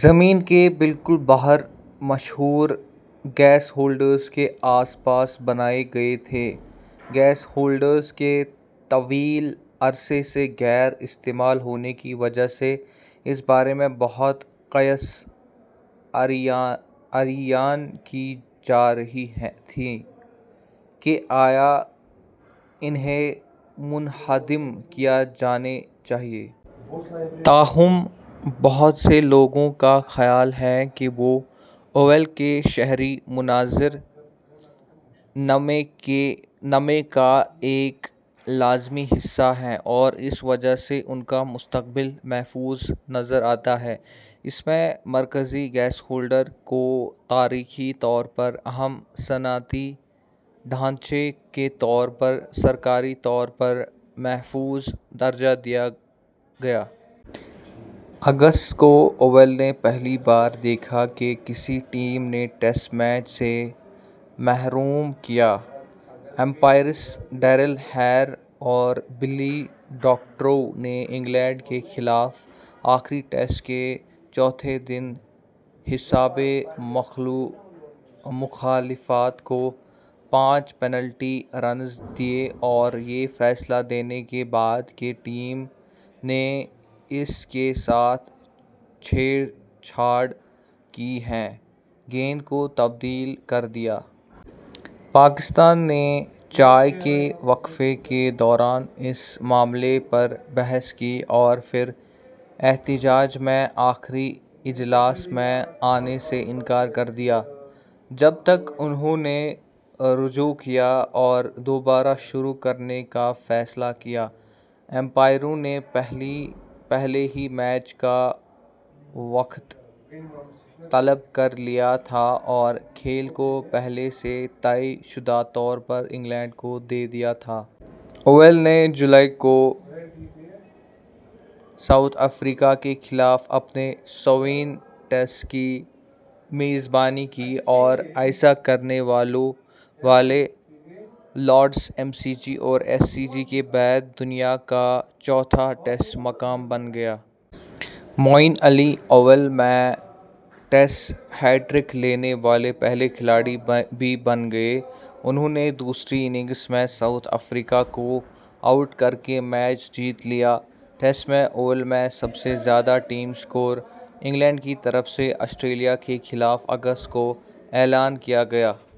زمین کے بالکل باہر مشہور گیشولڈرز ء کے آس پاس بنائے گئے تھے۔ گیش ہولڈرز کے طویل عرصے سے غیر استعمال ہونے کی وجہ سے، اس بارے میں بہت قیاس آرائیاں کی جا رہی تھیں کہ آیا انھیں منہدم کیا جانا چاہیے۔ تاہم، بہت سے لوگوں کا خیال ہے کہ وہ اوول کے شہری منظر نامے کا ایک لازمی حصہ ہیں اور اس وجہ سے، ان کا مستقبل محفوظ نظر آتا ہے۔ ء میں مرکزی گیشولڈر کو تاریخی طور پر اہم صنعتی ڈھانچے کے طور پر سرکاری طور پر محفوظ درجہ دیا گیا۔ اگست ء کو، اوول نے پہلی بار دیکھا کہ کسی ٹیم نے ٹیسٹ میچ سے محروم کیا۔ امپائرز ڈیرل ہیئر اور بلی ڈاکٹرروو نے انگلینڈ کے خلاف آخری ٹیسٹ کے چوتھے دن حزب اختلاف کو پانچ پنالٹی رن دیے اور یہ فیصلہ دینے کے بعد کہ ٹیم نے اس کے ساتھ چھیڑ چھاڑ کی ہے، گیند کو تبدیل کر دیا۔ پاکستان نے چائے کے وقفے کے دوران اس معاملے پر بحث کی اور پھر احتجاج میں آخری اجلاس میں آنے سے انکار کر دیا۔ جب تک انھوں نے رجوع کیا اور دوبارہ شروع کرنے کا فیصلہ کیا، امپائرز نے پہلے ہی میچ کا وقت طلب کر لیا تھا اور کھیل کو پہلے سے طے شدہ طور پر انگلینڈ کو دے دیا تھا۔ اوول نے جولائی ء کو جنوبی افریقہ کے خلاف اپنے سوویں ٹیسٹ کی میزبانی کی اور ایسا کرنے والا لارڈز، ایم سی جی اور ایس سی جی کے بعد دنیا کا چوتھا ٹیسٹ مقام بن گیا۔ معین علی اوول میں ٹیسٹ ہیٹ ٹرک لینے والے پہلے کھلاڑی بھی بن گئے، انھوں نے دوسری اننگز میں جنوبی افریقہ کو آؤٹ کر کے میچ جیت لیا۔ ٹیسٹ میں، اوول میں سب سے زیادہ ٹیم سکور / انگلینڈ کی طرف سے آسٹریلیا کے خلاف اگست ء کو اعلان کیا گیا۔